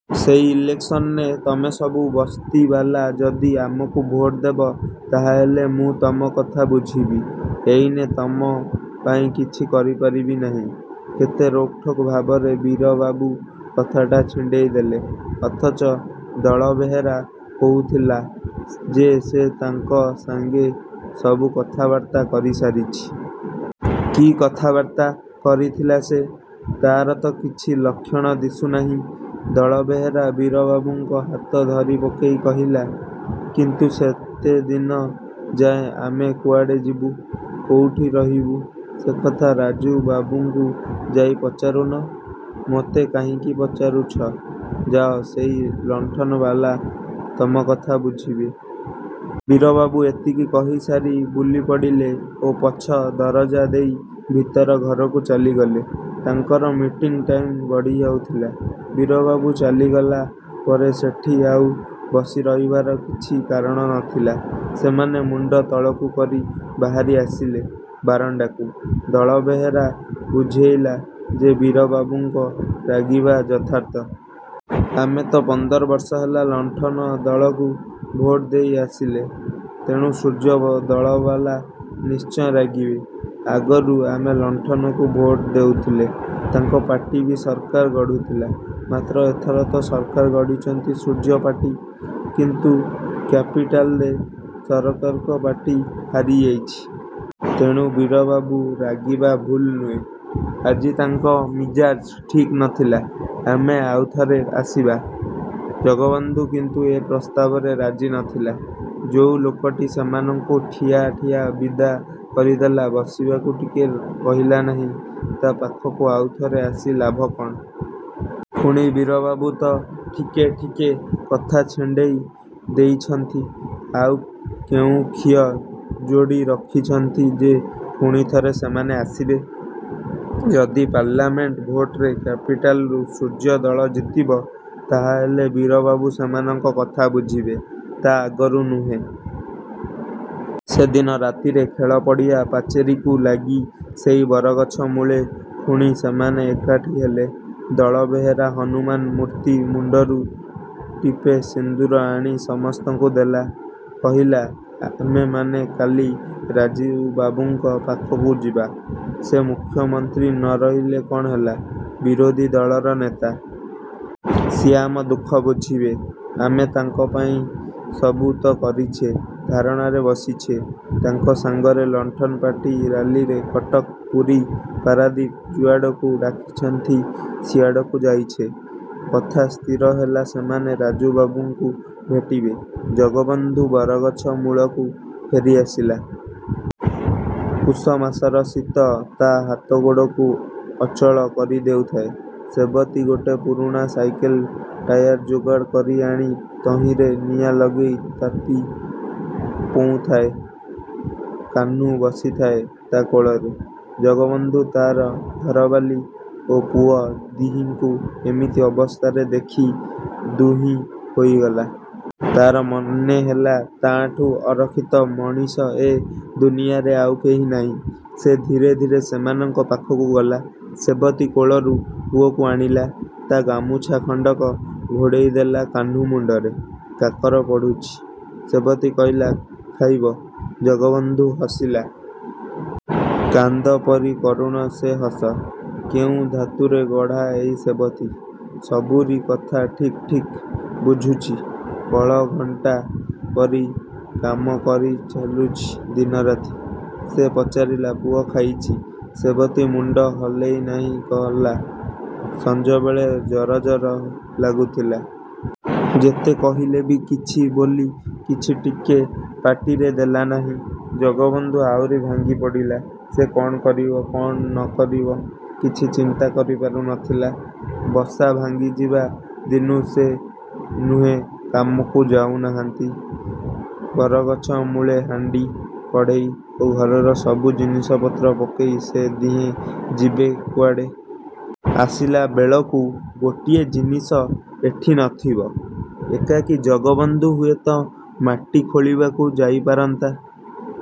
"ସେଇ ଇଲେକ୍ସନରେ ତମେ ସବୁ ବସ୍ତିବାଲା ଯଦି ଆମକୁ ଭୋଟ୍ ଦେବ, ତାହାହେଲେ ମୁଁ ତମ କଥା ବୁଝିବି। ଏଇନେ ତମ ପାଇଁ କିଛି କରିପାରିବି ନାହିଁ।" କେତେ ରୋକ୍‌ଠୋକ୍ ଭାବରେ ବୀରବାବୁ କଥାଟା ଛିଣ୍ଡେଇଦେଲେ! ଅଥଚ ଦଳବେହେରା କହୁଥିଲା ଯେ ସେ ତାଙ୍କ ସାଙ୍ଗେ ସବୁ କଥାବାର୍ତ୍ତା କରିସାରିଛି। କି କଥାବାର୍ତ୍ତା କରିଥିଲା ସେ! ତାର ତ କିଛି ଲକ୍ଷଣ ଦିଶୁନାହିଁ! ଦଳବେହେରା ବୀରବାବୁଙ୍କ ହାତ ଧରିପକେଇ କହିଲା, "କିନ୍ତୁ ସେତେଦିନ ଯାଏ ଆମେ କୁଆଡ଼େ ଯିବୁ? କୋଉଠି ରହିବୁ?" "ସେକଥା ରାଜୁବାବୁଙ୍କୁ ଯାଇ ପଚାରୁନ? ମୋତେ କାହିଁକି ପଚାରୁଛ? ଯାଅ, ସେଇ ଲଣ୍ଠନବାଲା ତମକଥା ବୁଝିବେ।" ବୀରବାବୁ ଏତିକି କହିସାରି ବୁଲିପଡ଼ିଲେ ଓ ପଛ ଦରଜା ଦେଇ ଭିତର ଘରକୁ ଚାଲିଗଲେ। ତାଙ୍କର ମିଟିଂ ଟାଇମ୍‌ ଗଡ଼ିଯାଉଥିଲା। ବୀରବାବୁ ଚାଲିଗଲା ପରେ ସେଠି ଆଉ ବସି ରହିବାର କିଛି କାରଣ ନଥିଲା। ସେମାନେ ମୁଣ୍ଡ ତଳକୁ କରି ବାହାରି ଆସିଲେ ବାରଣ୍ଡାକୁ। ଦଳବେହେରା ବୁଝେଇଲା ଯେ ବୀରବାବୁଙ୍କ ରାଗିବା ଯଥାର୍ଥ। ଆମେ ତ ପନ୍ଦର ବର୍ଷ ହେଲା ଲଣ୍ଠନ ଦଳକୁ ଭୋଟ୍ ଦେଇ ଆସିଲେ। ତେଣୁ ସୂର୍ଯ୍ୟ ଦଳବାଲା ନିଶ୍ଚୟ ରାଗିବେ। ଆଗରୁ ଆମେ ଲଣ୍ଠନକୁ ଭୋଟ୍ ଦେଉଥିଲେ, ତାଙ୍କ ପାର୍ଟି ବି ସରକାର ଗଢ଼ୁଥିଲା। ମାତ୍ର ଏଥର ତ ସରକାର ଗଢ଼ିଛନ୍ତି ସୂର୍ଯ୍ୟପାର୍ଟି। କିନ୍ତୁ କ୍ୟାପିଟାଲରେ ସରକାରଙ୍କ ପାର୍ଟି ହାରିଯାଇଛି। ତେଣୁ ବୀରବାବୁ ରାଗିବା ଭୁଲ୍ ନୁହେଁ। ଆଜି ତାଙ୍କ ମିଜାଜ୍ ଠିକ୍ ନଥିଲା। ଆମେ ଆଉଥରେ ଆସିବା। ଜଗବନ୍ଧୁ କିନ୍ତୁ ଏ ପ୍ରସ୍ତାବରେ ରାଜି ନଥିଲା। ଯୋଉ ଲୋକଟି ସେମାନଙ୍କୁ ଠିଆ ଠିଆ ବିଦା କରିଦେଲା, ବସିବାକୁ ଟିକେ କହିଲା ନାହିଁ, ତା ପାଖକୁ ଆଉଥରେ ଆସି ଲାଭ କଣ? ପୁଣି ବୀରବାବୁ ତ ଠିକେ ଠିକେ କଥା ଛିଣ୍ଡେଇ ଦେଇଛନ୍ତି। ଆଉ କେଉଁ ଖିଅ ଯୋଡ଼ି ରଖିଛନ୍ତି ଯେ ପୁଣି ଥରେ ସେମାନେ ଆସିବେ? ଯଦି ପାର୍ଲାମେଣ୍ଟ ଭୋଟରେ କ୍ୟାପିଟାଲ୍‌ରୁ ସୂର୍ଯ୍ୟ ଦଳ ଜିତିବ ତାହାହେଲେ ବୀରବାବୁ ସେମାନଙ୍କ କଥା ବୁଝିବେ। ତା ଆଗରୁ ନୁହେଁ। ସେଦିନ ରାତିରେ ଖେଳପଡ଼ିଆ ପାଚେରିକୁ ଲାଗି ସେଇ ବରଗଛ ମୂଳେ ପୁଣି ସେମାନେ ଏକାଠି ହେଲେ। ଦଳବେହେରା ହନୁମାନ ମୂର୍ତ୍ତି ମୁଣ୍ଡରୁ ଟିପେ ସିନ୍ଦୂର ଆଣି ସମସ୍ତଙ୍କୁ ଦେଲା। କହିଲା, "ଆମେମାନେ କାଲି ରାଜୁବାବୁଙ୍କ ପାଖକୁ ଯିବା। ସେ ମୁଖ୍ୟମନ୍ତ୍ରୀ ନ ରହିଲେ କଣ ହେଲା, ବିରୋଧୀ ଦଳର ନେତା। ସିଏ ଆମ ଦୁଃଖ ବୁଝିବେ। ଆମେ ତାଙ୍କ ପାଇଁ ସବୁ ତ କରିଛେ, ଧାରଣାରେ ବସିଛେ, ତାଙ୍କ ସାଙ୍ଗରେ ଲଣ୍ଠନ ପାର୍ଟି ରାଲିରେ କଟକ, ପୁରୀ, ପାରାଦୀପ, ଯୁଆଡ଼କୁ ଡାକିଛନ୍ତି ସିଆଡ଼କୁ ଯାଇଛେ।" କଥା ସ୍ଥିର ହେଲା ସେମାନେ ରାଜୁବାବୁଙ୍କୁ ଭେଟିବେ। ଜଗବନ୍ଧୁ ବରଗଛ ମୂଳକୁ ଫେରିଆସିଲା। ପୁଷମାସର ଶୀତ ତା ହାତଗୋଡ଼କୁ ଅଚଳ କରିଦେଉଥାଏ। ସେବତୀ ଗୋଟେ ପୁରୁଣା ସାଇକେଲ ଟାୟାର ଯୋଗାଡ଼ କରିଆଣି ତହିଁରେ ନିଆଁ ଲଗେଇ ତାତି ପୋଉଁଥାଏ। କାହ୍ନୁ ବସିଥାଏ ତା କୋଳରେ। ଜଗବନ୍ଧୁ ତାର ଘରବାଲୀ ଓ ପୁଅ ଦିହିଙ୍କୁ ଏମିତି ଅବସ୍ଥାରେ ଦେଖି ଦୁହିଁ ହୋଇଗଲା। ତାର ମନେହେଲା ତାଠୁଁ ଅରକ୍ଷିତ ମଣିଷ ଏ ଦୁନିଆରେ ଆଉ କେହି ନାହିଁ। ସେ ଧୀରେ ଧୀରେ ସେମାନଙ୍କ ପାଖକୁ ଗଲା। ସେବତୀ କୋଳରୁ ପୁଅକୁ ଆଣିଲା। ତା ଗାମୁଛା ଖଣ୍ଡକ ଘୋଡ଼େଇଦେଲା କାହ୍ନୁ ମୁଣ୍ଡରେ। କାକର ପଡ଼ୁଛି। ସେବତୀ କହିଲା, "ଖାଇବ?" ଜଗବନ୍ଧୁ ହସିଲା। କାନ୍ଦ ପରି କରୁଣ ସେ ହସ। କେଉଁ ଧାତୁରେ ଗଢ଼ା ଏଇ ସେବତୀ! ସବୁରି କଥା ଠିକ୍ ଠିକ୍ ବୁଝୁଛି। କଳଘଣ୍ଟା ପରି କାମ କରି ଚାଲୁଛି ଦିନରାତି। ସେ ପଚାରିଲା, "ପୁଅ ଖାଇଛି?" ସେବତୀ ମୁଣ୍ଡ ହଲେଇ ନାହିଁ କଲା, "ସଂଜବେଳେ ଜରଜର ଲାଗୁଥିଲା। ଯେତେ କହିଲେ ବି କିଛି ବୋଲି କିଛି ଟିକେ ପାଟିରେ ଦେଲାନାହିଁ।" ଜଗବନ୍ଧୁ ଆହୁରି ଭାଙ୍ଗିପଡ଼ିଲା। ସେ କଣ କରିବ, କଣ ନ କରିବ କିଛି ଚିନ୍ତା କରିପାରୁ ନଥିଲା। ବସା ଭାଙ୍ଗିଯିବା ଦିନୁ ସେ ଦୁହେଁ କାମକୁ ଯାଉନାହାନ୍ତି। ବରଗଛ ମୂଳେ ହାଣ୍ଡି, କଡ଼େଇ ଓ ଘରର ସବୁ ଜିନିଷପତ୍ର ପକେଇ ସେ ଦିହେଁ ଯିବେ କୁଆଡ଼େ? ଆସିଲାବେଳକୁ ଗୋଟିଏ ଜିନିଷ ଏଠି ନଥିବ। ଏକାକୀ ଜଗବନ୍ଧୁ ହୁଏତ ମାଟି ଖୋଳିବାକୁ ଯାଇପାରନ୍ତା।